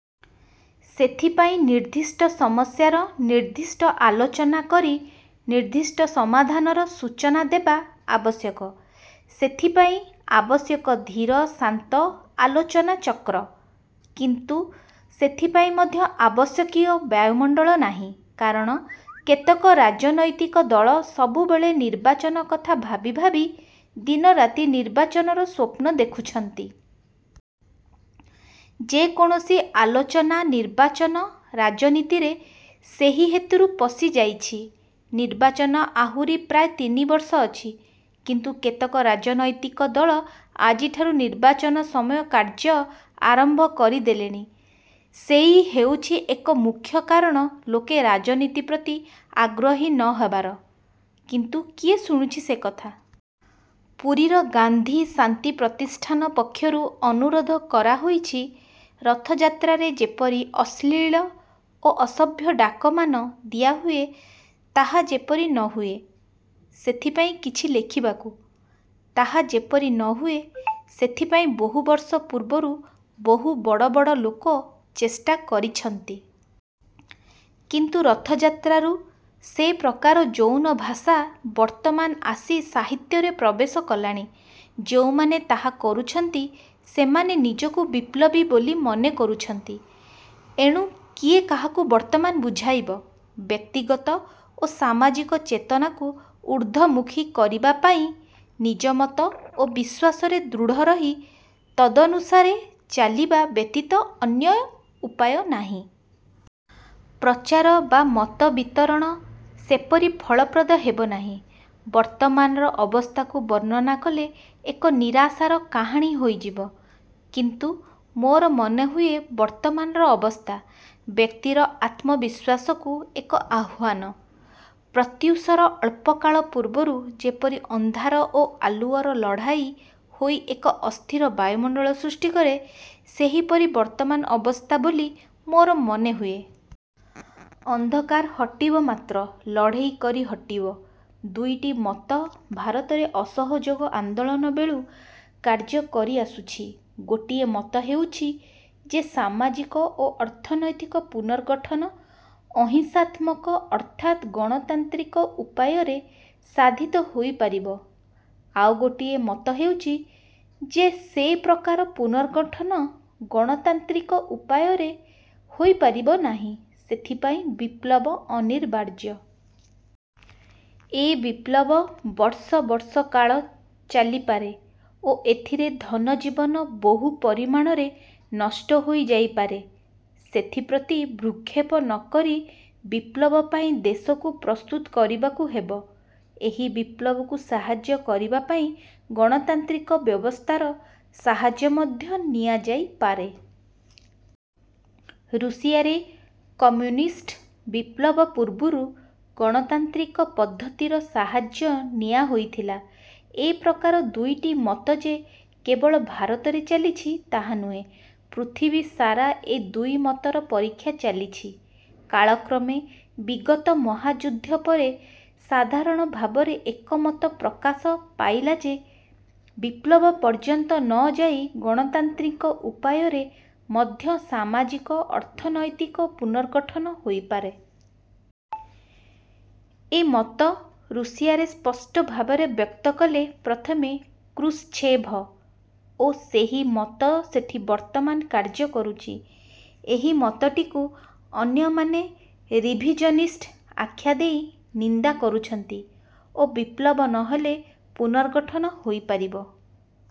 ସେଥିପାଇଁ ନିର୍ଦ୍ଦିଷ୍ଟ ସମସ୍ୟାର ନିର୍ଦ୍ଦିଷ୍ଟ ଆଲୋଚନା କରି ନିର୍ଦ୍ଦିଷ୍ଟ ସମାଧାନର ସୂଚନା ଦେବା ଆବଶ୍ୟକ। ସେଥିପାଇଁ ଆବଶ୍ୟକ ଧୀର, ଶାନ୍ତ ଆଲୋଚନା ଚକ୍ର। କିନ୍ତୁ ସେଥିପାଇଁ ମଧ୍ୟ ଆବଶ୍ୟକୀୟ ବାୟୁମଣ୍ଡଳ ନାହିଁ, କାରଣ କେତେକ ରାଜନୈତିକ ଦଳ ସବୁବେଳେ ନିର୍ବାଚନ କଥା ଭାବି ଭାବି ଦିନରାତି ନିର୍ବାଚନର ସ୍ୱପ୍ନ ଦେଖୁଛନ୍ତି। ଯେ କୌଣସି ଆଲୋଚନା ନିର୍ବାଚନ ରାଜନୀତିରେ ସେହି ହେତୁରୁ ପଶିଯାଇଛି। ନିର୍ବାଚନ ଆହୁରି ପ୍ରାୟ ତିନିବର୍ଷ ଅଛି। କିନ୍ତୁ କେତେକ ରାଜନୈତିକ ଦଳ ଆଜିଠାରୁ ନିର୍ବାଚନ ସମୟ କାର୍ଯ୍ୟ ଆରମ୍ଭ କରିଦେଲେଣି। ସେହି ହେଉଛି ଏକ ମୁଖ୍ୟ କାରଣ ଲୋକେ ରାଜନୀତି ପ୍ରତି ଆଗ୍ରହୀ ନ ହେବାର; କିନ୍ତୁ କିଏ ଶୁଣୁଛି ସେ କଥା? ପୁରୀର ଗାନ୍ଧୀ ଶାନ୍ତି ପ୍ରତିଷ୍ଠାନ ପକ୍ଷରୁ ଅନୁରୋଧ କରାହୋଇଛି, ରଥଯାତ୍ରାରେ ଯେପରି ଅଶ୍ଳୀଳ ଓ ଅସଭ୍ୟ ଡାକମାନ ଦିଆହୁଏ ତାହା ଯେପରି ନହୁଏ ସେଥିପାଇଁ କିଛି ଲେଖିବାକୁ। ତାହା ଯେପରି ନ ହୁଏ ସେଥିପାଇଁ ବହୁବର୍ଷ ପୂର୍ବରୁ ବହୁ ବଡ଼ ବଡ଼ ଲୋକ ଚେଷ୍ଟା କରିଛନ୍ତି। କିନ୍ତୁ ରଥଯାତ୍ରାରୁ ସେ ପ୍ରକାର ଯୌନଭାଷା ବର୍ତ୍ତମାନ ଆସି ସାହିତ୍ୟରେ ପ୍ରବେଶ କଲାଣି। ଯେଉଁମାନେ ତାହା କରୁଛନ୍ତି ସେମାନେ ନିଜକୁ ବିପ୍ଳବୀ ବୋଲି ମନେ କରୁଛନ୍ତି। ଏଣୁ କିଏ କାହାକୁ ବର୍ତ୍ତମାନ ବୁଝାଇବ? ବ୍ୟକ୍ତିଗତ ଓ ସାମାଜିକ ଚେତନାକୁ ଊର୍ଦ୍ଧ୍ୱମୁଖୀ କରିବାପାଇଁ ନିଜମତ ଓ ବିଶ୍ୱାସରେ ଦୃଢ଼ ରହି ତଦନୁସାରେ ଚାଲିବା ବ୍ୟତୀତ ଅନ୍ୟ ଉପାୟ ନାହିଁ। ପ୍ରଚାର ବା ମତ ବିତରଣ ସେପରି ଫଳପ୍ରଦ ହେବ ନାହିଁ। ବର୍ତ୍ତମାନର ଅବସ୍ଥାକୁ ବର୍ଣ୍ଣନା କଲେ ଏକ ନିରାଶାର କାହାଣୀ ହୋଇଯିବ। କିନ୍ତୁ ମୋର ମନେହୁଏ ବର୍ତ୍ତମାନର ଅବସ୍ଥା, ବ୍ୟକ୍ତିର ଆତ୍ମବିଶ୍ୱାସକୁ ଏକ ଆହ୍ୱାନ। ପ୍ରତ୍ୟୁଷର ଅଳ୍ପକାଳ ପୂର୍ବରୁ ଯେପରି ଅନ୍ଧାର ଓ ଆଲୁଅର ଲଢ଼ାଇ ହୋଇ ଏକ ଅସ୍ଥିର ବାୟୁମଣ୍ଡଳ ସୃଷ୍ଟି କରେ, ସେହିପରି ବର୍ତ୍ତମାନ ଅବସ୍ଥା ବୋଲି ମୋର ମନେ ହୁଏ। ଅନ୍ଧକାର ହଟିବ ମାତ୍ର ଲଢ଼େଇକରି ହଟିବ। ଦୁଇଟି ମତ ଭାରତରେ ଅସହଯୋଗ ଆନ୍ଦୋଳନ ବେଳୁ କାର୍ଯ୍ୟ କରିଆସୁଛି। ଗୋଟିଏ ମତ ହେଉଛି ଯେ ସାମାଜିକ ଓ ଅର୍ଥନୈତିକ ପୁନର୍ଗଠନ ଅହିଂସାତ୍ମକ ଅର୍ଥାତ୍ ଗଣତାନ୍ତ୍ରିକ ଉପାୟରେ ସାଧିତ ହୋଇ ପାରିବ। ଆଉ ଗୋଟିଏ ମତ ହେଉଛି ଯେ ସେ ପ୍ରକାର ପୁନର୍ଗଠନ ଗଣତାନ୍ତ୍ରିକ ଉପାୟରେ ହୋଇ ପାରିବ ନାହିଁ, ସେଥିପାଇଁ ବିପ୍ଳବ ଅନିବାର୍ଯ୍ୟ। ଏ ବିପ୍ଳବ ବର୍ଷ ବର୍ଷକାଳ ଚାଲିପାରେ ଓ ଏଥିରେ ଧନ ଜୀବନ ବହୁ ପରିମାଣରେ ନଷ୍ଟ ହୋଇ ଯାଇପାରେ। ସେଥିପ୍ରତି ଭ୍ରୂକ୍ଷେପ ନ କରି ବିପ୍ଳବ ପାଇଁ ଦେଶକୁ ପ୍ରସ୍ତୁତ କରିବାକୁ ହେବ। ଏହି ବିପ୍ଳବକୁ ସାହାଯ୍ୟ କରିବା ପାଇଁ ଗଣତାନ୍ତ୍ରିକ ବ୍ୟବସ୍ଥାର ସାହାଯ୍ୟ ମଧ୍ୟ ନିଆଯାଇ ପାରେ। ରୁଷିଆରେ କମ୍ୟୁନିଷ୍ଟ ବିପ୍ଳବ ପୂର୍ବରୁ ଗଣତାନ୍ତ୍ରିକ ପଦ୍ଧତିର ସାହାଯ୍ୟ ନିଆହୋଇଥିଲା। ଏ ପ୍ରକାର ଦୁଇଟି ମତ ଯେ କେବଳ ଭାରତରେ ଚାଲିଛି ତାହା ନୁହେଁ; ପୃଥିବୀ ସାରା ଏ ଦୁଇ ମତର ପରୀକ୍ଷା ଚାଲିଛି। କାଳକ୍ରମେ ବିଗତ ମହାଯୁଦ୍ଧ ପରେ ସାଧାରଣ ଭାବରେ ଏକମତ ପ୍ରକାଶ ପାଇଲା ଯେ ବିପ୍ଳବ ପର୍ଯ୍ୟନ୍ତ ନ ଯାଇ ଗଣତାନ୍ତ୍ରିକ ଉପାୟରେ ମଧ୍ୟ ସାମାଜିକ, ଅର୍ଥନୈତିକ ପୁନର୍ଗଠନ ହୋଇପାରେ। ଏ ମତ ରୁଷିଆରେ ସ୍ପଷ୍ଟ ଭାବରେ ବ୍ୟକ୍ତ କଲେ ପ୍ରଥମେ କୃଶ୍ଚେଭ ଓ ସେହି ମତ ସେଠି ବର୍ତ୍ତମାନ କାର୍ଯ୍ୟ କରୁଛି। ଏହି ମତଟିକୁ ଅନ୍ୟମାନେ 'ରିଭିଜନିଷ୍ଟ' ଆଖ୍ୟା ଦେଇ ନିନ୍ଦା କରୁଛନ୍ତି ଓ ବିପ୍ଳବ ନ ହେଲେ ପୁନର୍ଗଠନ ହୋଇପାରିବ